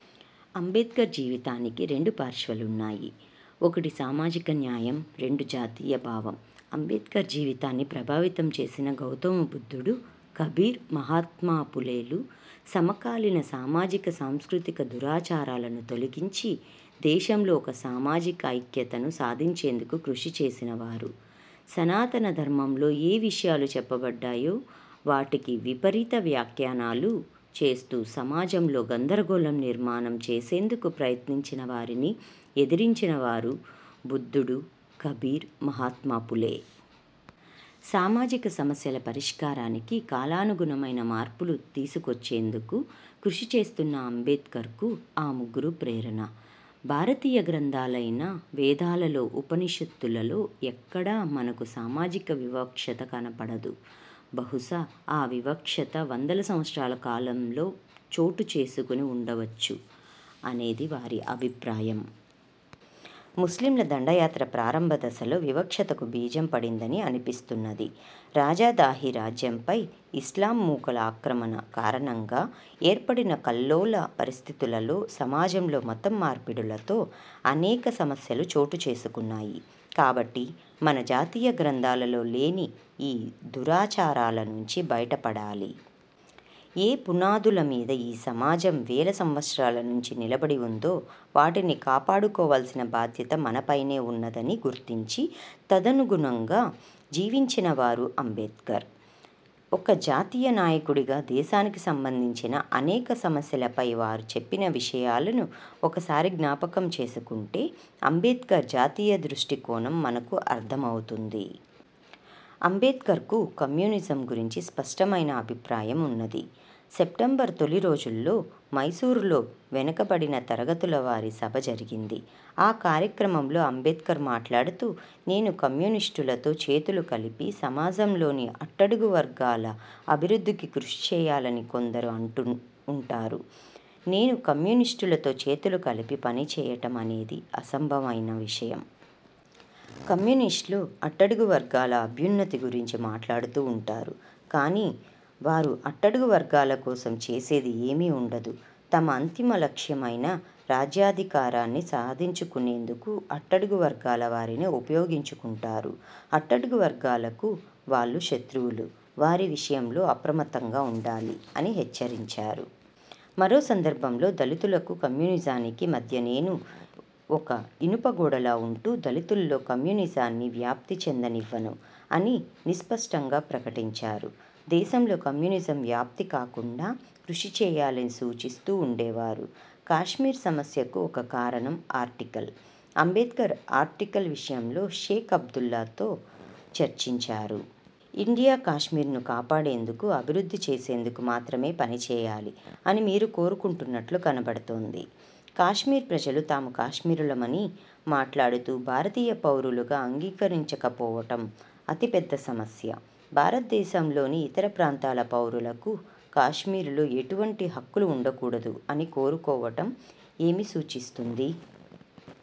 అంబేడ్కర్ జీవితానికి రెండు పార్శ్వాలున్నాయి. ఒకటి సామాజిక న్యాయం, రెండు జాతీయ భావం. అంబేడ్కర్ జీవితాన్ని ప్రభావితం చేసిన గౌతమ బుద్దుడు, కబీర్, మహత్మఫూలేలు సమకాలీన సామాజిక సాంస్కృతిక దురాచారాలను తొలగించి దేశంలో ఒక సామాజిక ఐక్యతను సాధించేందుకు కృషి చేసినవారు. సనాతన ధర్మంలో ఏ విషయాలు చెప్పబడ్డాయో వాటికి విపరీత వ్యాఖ్యనాలు చేస్తూ సమాజంలో గందరగోళం నిర్మాణం చేసేందుకు ప్రయత్నించిన వారిని ఎదిరించినవారు బుద్ధుడు, కబీర్, మహత్మఫూలే. సామాజిక సమస్యల పరిష్కారానికి కాలనుగుణమైన మార్పులు తీసుకొచ్చేందుకు కృషి చేస్తున్న అంబేడ్కర్కు ఆ ముగ్గురు ప్రేరణ. భారతీయ గ్రంథాలైన వేదాలలో ఉపనిషత్తులలో ఎక్కడా మనకు సామాజిక వివక్షత కనపడదు. బహుశ ఈ వివక్షత –- వందల సంవత్సరాల కాలంలో చోటు చేసుకుని ఉండవచ్చు అనేది వారి అభిప్రాయం. ముస్లింల దండయాత్ర ప్రారంభ దశలో వివక్షతకు బీజం పడిందని అన్పిస్తున్నది. రాజా దాహీ రాజ్యంపై ఇస్లాం మూకల అక్రమణ కారణంగా ఏర్పడిన కల్లోల పరిస్థితులలో సమాజంలో మతం మార్పిడులతో అనేక సమస్యలు చోటుచేసుకున్నాయి. కాబట్టి మన జాతీయ గ్రంథాలలో లేని ఈ దురాచారాల నుంచి బయట పడాలి. ఏ పునాదుల మీద ఈ సమాజం వేల సంవత్సారాల నుంచి నిలబడి ఉందో వాటిని కాపాడుకోవాల్సిన బాధ్యత మనపైనే ఉన్నదని గుర్తించి, తదనుగుణంగా జీవించిన వారు అంబేడ్కర్. ఒక జాతీయ నాయకుడిగా దేశానికి సంబంధించిన అనేక సమస్యలపై వారు చెప్పిన విషయాలను ఒకసారి జ్ఞాపకం చేసుకుంటే అంబేడ్కర్ జాతీయ దృష్టి కోణం మనకు అర్థమవుతుంది. అంబేడ్కర్కు కమ్యూనిజం గురించి స్పష్టమైన అభిప్రాయం ఉన్నది. సెప్టెంబర్ తొలి రోజుల్లో మైసూర్లో వెనుకబడిన తరగతుల వారి సభ జరిగింది. ఆ కార్యక్రమంలో అంబేడ్కర్ మాట్లాడుతూ 'నేను కమ్యూనిస్టులతో చేతులు కలిపి సమాజంలోని అట్టడుగు వర్గాల అభివృద్ధికి కృషి చేయాలని కొందరు అంటూ ఉంటారు. నేను కమ్యూనిస్టులతో చేతులు కలిపి పని చేయటం అనేది అసంభవమైన విషయం. కమ్యూనిస్టులు అట్టడుగు వర్గాల అభ్యున్నతి గురించి మాట్లాడుతూ ఉంటారు. కానీ వారు అట్టడుగు వర్గాల కోసం చేసేది ఏమీ ఉండదు. తమ అంతిమ లక్ష్యం అయిన రాజ్యాధికారాన్ని సాధించుకునేందుకు అట్టడుగు వర్గాల వారిని ఉపయోగించుకుంటారు. అట్టడుగు వర్గాలకు వాళ్లు శత్రువులు. వారి విషయంలో అప్రమత్తంగా ఉండాలి' అని హెచ్చరించారు. మరో సందర్భంలో 'దళితులకు కమ్యూనిజానికి మధ్య నేను ఒక ఇనుప గోడలా ఉంటూ దళితుల్లో కమ్యూనిజాన్ని వ్యాప్తి చెందనివ్వను' అని విస్పష్టంగా ప్రకటించారు. దేశంలో కమ్యూనిజం వ్యాప్తి కాకుండా కృషి చేయాలని సూచిస్తూ ఉండేవారు. కాశ్మీర్ సమస్యకు ఒక కారణం ఆర్టికల్. అంబేడ్కర్ ఆర్టికల్ విషయంలో షేక్ అబ్దుల్లాతో చర్చించారు. 'ఇండియా కాశ్మీర్ను కాపాడేందుకు, అభివృద్ధి చేసేందుకు మాత్రమే పని చేయాలి అని మీరు కోరుకుంటున్నట్లు కనబడుతోంది. కాశ్మీర్ ప్రజలు తాము కాశ్మీరులమని మాట్లాడుతూ భారతీయ పౌరులుగా అంగీకరించకపోవటం అతి పెద్ద సమస్య. భారతదేశంలోని ఇతర ప్రాంతాల పౌరులకు కాశ్మీరులో ఎటువంటి హక్కులు ఉండకూడదు అని కోరుకోవటం ఏమి సూచిస్తుంది?